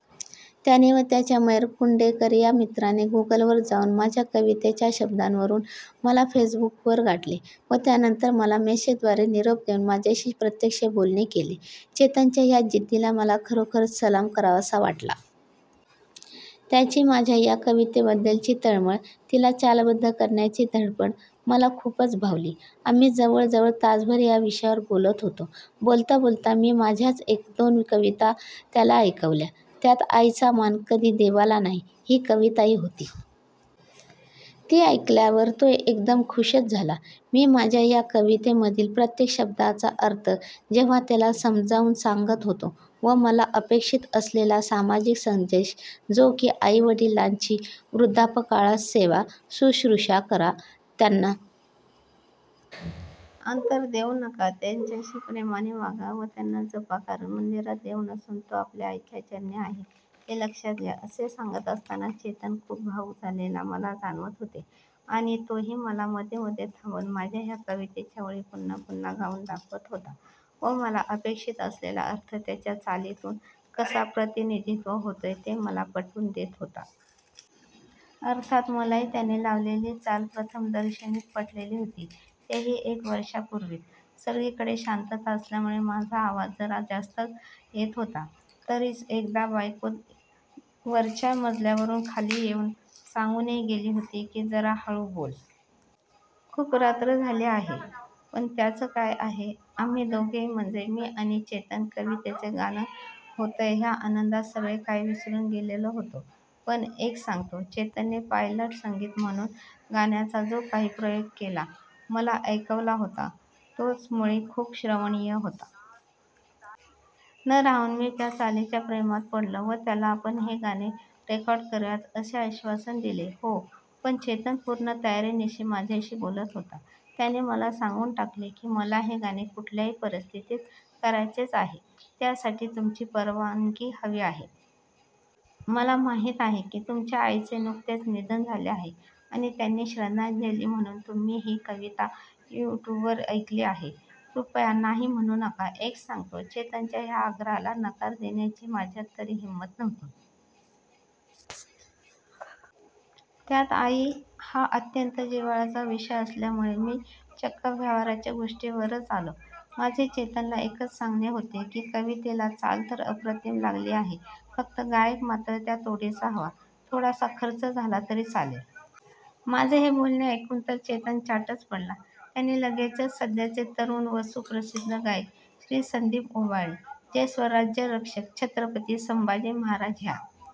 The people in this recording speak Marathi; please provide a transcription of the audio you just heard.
त्याने व त्याच्या मयूर कुंडेकर ह्या मित्राने गुगलवर जाऊन माझ्या कवितेच्या शब्दांवरून मला फेसबुकवर गाठले व त्यानंतर मला मेसेंजरद्वारे निरोप देऊन माझ्याशी प्रत्यक्ष बोलणे केले. चेतनच्या ह्या जिद्दीला मला खरोखर सलाम करावासा वाटला. त्याची माझ्या ह्या कवितेबद्दलची तळमळ, तिला चालबद्ध करण्याची धडपड मला खूपच भावली. आम्ही जवळजवळ तासभर ह्या विषयावर बोलत होतो. बोलता बोलता मी माझ्याच एक दोन कविता त्याला ऐकवल्या. त्यात आईचा मान कधी देवाला नाही ही कविताही होती. ती ऐकल्यावर तो एकदम खूशच झाला. मी माझ्या ह्या कवितेमधील प्रत्येक शब्दाचा अर्थ जेव्हा त्याला समजावून सांगत होतो व मला अपेक्षित असलेला सामाजिक संदेश जो की आई वडिलांची वृद्धापकाळात सेवा, सुश्रुषा करा, त्यांना अंतर देऊ नका, त्यांच्याशी प्रेमाने वागा व त्यांना जपा, कारण मंदिरात देव नसून तो आपल्या आईच्या चरणी आहे हे लक्षात घ्या, असे सांगत असताना चेतन खूप भावूक झालेला मला जाणवत होते आणि तोही मला मध्ये मध्ये थांबवून माझ्या ह्या कवितेच्या ओळी पुन्हा पुन्हा गाऊन दाखवत होता व मला अपेक्षित असलेला अर्थ त्याच्या चालीतून कसा प्रतिध्वनित होतोय ते मला पटवून देत होता. अर्थात मलाही, त्याने लावलेली चाल प्रथमदर्शनीच पटलेली होती, तेही एक वर्षापूर्वीच! सगळीकडे शांतता असल्यामुळे माझा आवाज जरा जास्तच येत होता. तरीच एकदा बायको वरच्या मजल्यावरून खाली येऊन सांगूनही गेली होती की, जरा हळू बोल! खूप रात्र झाली आहे! पण त्याचं काय आहे, आम्ही दोघेही म्हणजे मी आणि चेतन कवितेचे गाणं होतंय ह्या आनंदात सगळे काही विसरून गेलेलो होतो. एक सांगतो, चेतनने पायलट संगीत म्हणून गाण्याचा जो काही प्रयोग मला ऐकवला होता तोच मुळी खूप श्रवणीय होता. न राहवून मी त्या चालीच्या प्रेमात पडलो व त्याला आपण हे गाणे रेकॉर्ड करूयात असे आश्वासन दिले. हो पण चेतन पूर्ण तयारीनिशी माझ्याशी बोलत होता. त्याने मला सांगून टाकले की, मला हे गाणे कुठल्याही परिस्थितीत करायचेच आहे, त्यासाठी तुमची परवानगी हवी आहे. मला माहिती आहे की तुमच्या आईचे नुकतेच निधन झाले आहे आणि त्यांना श्रद्धांजली म्हणून तुम्ही ही कविता यूट्यूबवर ऐकवलीही आहे. कृपया नाही म्हणू नका! एक सांगतो, चेतनच्या ह्या आग्रहाला नकार देण्याची माझ्यात तरी हिंमत नव्हती. त्यात आई हा अत्यंत जिव्हाळ्याचा विषय असल्यामुळे मी चक्क व्यवहाराच्या गोष्टींवरच आलो. माझे चेतनला एकच सांगणे होते की, कवितेला चाल तर अप्रतिम लागली आहे, फक्त गायक मात्र त्या तोडीचा हवा. थोडासा खर्च झाला तरी चालेल. माझे हे बोलणे ऐकून तर चेतन चाटच पडला. त्याने लगेचच सध्याचे तरुण व सुप्रसिद्ध गायक श्री. संदीप उबाळे, जे स्वराज्यरक्षक छत्रपती संभाजी महाराज ह्या